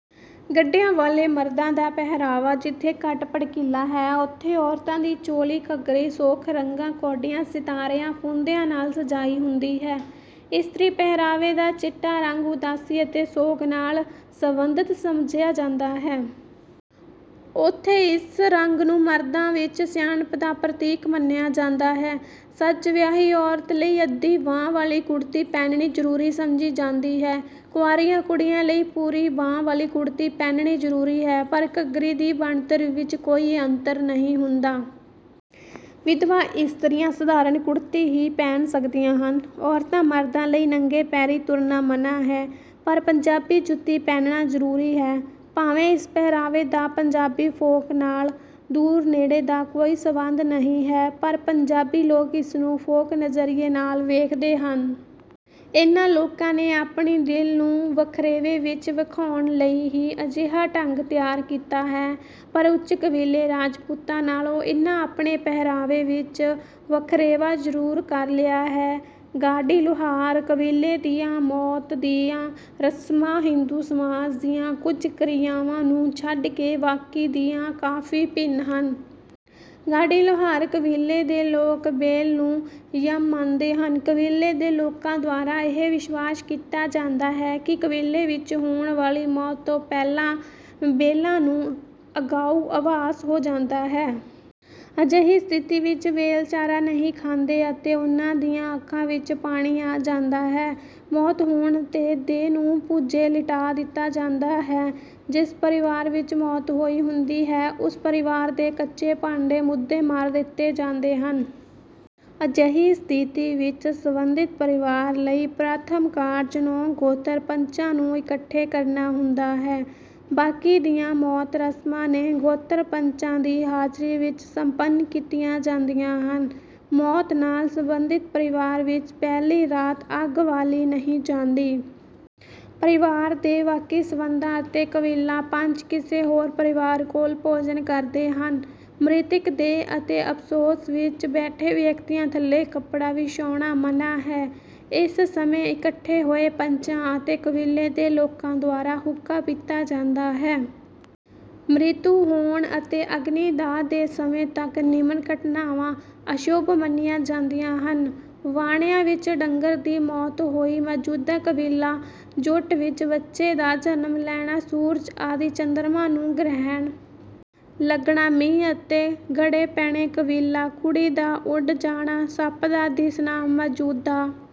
ਗੱਡੀਆਂ ਵਾਲੇ ਮਰਦਾਂ ਦਾ ਪਹਿਰਾਵਾ ਜਿੱਥੇ ਘੱਟ ਭੜਕੀਲਾ ਹੈ ਉਥੇ ਔਰਤਾਂ ਦੀ ਚੋਲੀ ਘੱਗਰੀ ਸ਼ੋਖ ਰੰਗਾਂ ਕੌਡੀਆਂ ਸਿਤਾਰਿਆਂ ਫੂੰਦਿਆਂ ਨਾਲ ਸਜਾਈ ਹੁੰਦੀ ਹੈ। ਇਸਤਰੀ ਪਹਿਰਾਵੇ ਦਾ ਚਿੱਟਾ ਰੰਗ ਉਦਾਸੀ ਅਤੇ ਸੋਗ ਨਾਲ ਸਬੰਧਤ ਸਮਝਿਆ ਜਾਂਦਾ ਹੈ। ਉਥੇ ਇਸ ਰੰਗ ਨੂੰ ਮਰਦਾਂ ਵਿੱਚ ਸਿਆਣਪ ਦਾ ਪ੍ਰਤੀਕ ਮੰਨਿਆ ਜਾਂਦਾ ਹੈ। ਸੱਜ ਵਿਆਹੀ ਔਰਤ ਲਈ ਅੱਧੀ ਬਾਂਹ ਵਾਲੀ ਕੁੜਤੀ ਪਹਿਨਣੀ ਜ਼ਰੂਰੀ ਸਮਝੀ ਜਾਂਦੀ ਹੈ। ਕੁਆਰੀਆਂ ਕੁੜੀਆਂ ਲਈ ਪੂਰੀ ਬਾਂਹ ਵਾਲੀ ਕੁੜਤੀ ਪਹਿਨਣੀ ਜ਼ਰੂਰੀ ਹੈ ਪਰ ਘੱਗਰੀ ਦੀ ਬਣਤਰ ਵਿੱਚ ਕੋਈ ਅੰਤਰ ਨਹੀਂ ਹੁੰਦਾ। ਵਿਧਵਾ ਇਸਤਰੀਆਂ ਸਧਾਰਨ ਕੁੜਤੀ ਹੀ ਪਹਿਨ ਸਕਦੀਆਂ ਹਨ। ਔਰਤਾਂ ਮਰਦਾਂ ਲਈ ਨੰਗੇ ਪੈਰੀਂ ਤੁਰਨਾ ਮਨ੍ਹਾ ਹੈ। ਪਰ ਪੰਜਾਬੀ ਜੁੱਤੀ ਪਹਿਨਣਾ ਜ਼ਰੂਰੀ ਹੈ। ਭਾਵੇਂ ਇਸ ਪਹਿਰਾਵੇ ਦਾ ਪੰਜਾਬੀ ਫੋਕ ਨਾਲ ਦੂਰ ਨੇੜੇ ਦਾ ਕੋਈ ਸਬੰਧ ਨਹੀਂ ਹੈ ਪਰ ਪੰਜਾਬੀ ਲੋਕ ਇਸਨੂੰ ਫੋਕ ਨਜ਼ਰੀਏ ਨਾਲ ਵੇਖਦੇ ਹਨ। ਇਨ੍ਹਾਂ ਲੋਕਾਂ ਨੇ ਆਪਣੀ ਦਿੱਖ ਨੂੰ ਵਖਰੇਵੇਂ ਵਿੱਚ ਵਿਖਾਉਣ ਲਈ ਹੀ ਅਜਿਹਾ ਢੰਗ ਤਿਆਰ ਕੀਤਾ ਹੈ। ਪਰ ਉੱਚ ਕਬੀਲੇ ਰਾਜਪੂਤਾਂ ਨਾਲੋਂ ਇਨ੍ਹਾਂ ਆਪਣੇ ਪਹਿਰਾਵੇ ਵਿੱਚ ਵਖਰੇਵਾਂ ਜ਼ਰੂਰ ਕਰ ਲਿਆ ਹੈ। ਗਾਡੀ ਲੁਹਾਰ ਕਬੀਲੇ ਦੀਆਂ ਮੌਤ ਦੀਆਂ ਰਸਮਾਂ ਹਿੰਦੂ ਸਮਾਜ ਦੀਆਂ ਕੁੱਝ ਕਿਰਿਆਵਾਂ ਨੂੰ ਛੱਡ ਕੇ ਬਾਕੀ ਦੀਆਂ ਕਾਫੀ ਭਿੰਨ ਹਨ। ਗਾਡੀ ਲੁਹਾਰ ਕਬੀਲੇ ਦੇ ਲੋਕ ਬੈਲ ਨੂੰ ਯਮ ਮੰਨਦੇ ਹਨ। ਕਬੀਲੇ ਦੇ ਲੋਕਾਂ ਦੁਆਰਾ ਇਹ ਵਿਸ਼ਵਾਸ ਕੀਤਾ ਜਾਂਦਾ ਹੈ ਕਿ ਕਬੀਲੇ ਵਿੱਚ ਹੋਣ ਵਾਲੀ ਮੌਤ ਤੋਂ ਪਹਿਲਾਂ ਬੈਲਾਂ ਨੂੰ ਅਗਾਊਂ ਆਭਾਸ ਹੋ ਜਾਂਦਾ ਹੈ। ਅਜਿਹੀ ਸਥਿਤੀ ਵਿੱਚ ਬੈਲ ਚਾਰਾ ਨਹੀਂ ਖਾਂਦੇ ਅਤੇ ਉਨ੍ਹਾਂ ਦੀਆਂ ਅੱਖਾਂ ਵਿੱਚ ਪਾਣੀ ਆ ਜਾਂਦਾ ਹੈ। ਮੌਤ ਹੋਣ ਤੇ ਦੇਹ ਨੂੰ ਭੁੰਜੇ ਲਿਟਾ ਦਿੱਤਾ ਜਾਂਦਾ ਹੈ। ਜਿਸ ਪਰਿਵਾਰ ਵਿੱਚ ਮੌਤ ਹੋਈ ਹੁੰਦੀ ਹੈ ਉਸ ਪਰਿਵਾਰ ਦੇ ਕੱਚੇ ਭਾਂਡੇ ਮੂਧੇ ਮਾਰ ਦਿੱਤੇ ਜਾਂਦੇ ਹਨ। ਅਜਿਹੀ ਸਥਿਤੀ ਵਿੱਚ ਸਬੰਧਿਤ ਪਰਿਵਾਰ ਲਈ ਪ੍ਰਥਮ ਕਾਰਜ ਨੌਂ ਗੋਤਰ ਪੰਚਾਂ ਨੂੰ ਇਕੱਠੇ ਕਰਨਾ ਹੁੰਦਾ ਹੈ। ਬਾਕੀ ਦੀਆਂ ਮੌਤ ਰਸਮਾਂ ਨੌਂ ਗੋਤਰ ਪੰਚਾਂ ਦੀ ਹਾਜ਼ਰੀ ਵਿੱਚ ਸੰਪੰਨ ਕੀਤੀਆਂ ਜਾਂਦੀਆਂ ਹਨ। ਮੌਤ ਨਾਲ ਸਬੰਧਿਤ ਪਰਿਵਾਰ ਵਿੱਚ ਪਹਿਲੀ ਰਾਤ ਅੱਗ ਬਾਲੀ ਨਹੀਂ ਜਾਂਦੀ। ਪਰਿਵਾਰ ਦੇ ਬਾਕੀ ਸਬੰਧੀ ਅਤੇ ਕਬੀਲਾ ਪੰਚ ਕਿਸੇ ਹੋਰ ਪਰਿਵਾਰ ਕੋਲ ਭੋਜਨ ਕਰਦੇ ਹਨ। ਮ੍ਰਿਤਕ ਦੇਹ ਅਤੇ ਅਫ਼ਸੋਸ ਵਿੱਚ ਬੈਠੇ ਵਿਅਕਤੀਆਂ ਥੱਲੇ ਕੱਪੜਾ ਵਿਛਾਉਣਾ ਮਨ੍ਹਾ ਹੈ। ਇਸ ਸਮੇਂ ਇਕੱਠੇ ਹੋਏ ਪੰਚਾਂ ਅਤੇ ਕਬੀਲੇ ਦੇ ਲੋਕਾਂ ਦੁਆਰਾ ਹੁੱਕਾ ਪੀਤਾ ਜਾਂਦਾ ਹੈ। ਮ੍ਰਿਤੂ ਹੋਣ ਅਤੇ ਅਗਨੀ ਦਾਹ ਦੇ ਸਮੇਂ ਤੱਕ ਨਿਮਨ ਘਟਨਾਵਾਂ ਅਸ਼ੁਭ ਮੰਨੀਆਂ ਜਾਂਦੀਆਂ ਹਨ। ਵਾਣਿਆਂ ਵਿੱਚ ਡੰਗਰ ਦੀ ਮੌਤ ਹੋਣੀ ਮੌਜੂਦਾ ਕਬੀਲਾ ਜੁੱਟ ਵਿੱਚ ਬੱਚੇ ਦਾ ਜਨਮ ਲੈਣਾ ਸੂਰਜ ਅਤੇ ਚੰਦਰਮਾ ਨੂੰ ਗ੍ਰਹਿਣ ਲੱਗਣਾ ਮੀਂਹ ਅਤੇ ਗੜੇ ਪੈਣੇ ਕਬੀਲਾ ਕੁੜੀ ਦਾ ਉੱਡ ਜਾਣਾ ਸੱਪ ਦਾ ਦਿਸਣਾ ਮੌਜੂਦਾ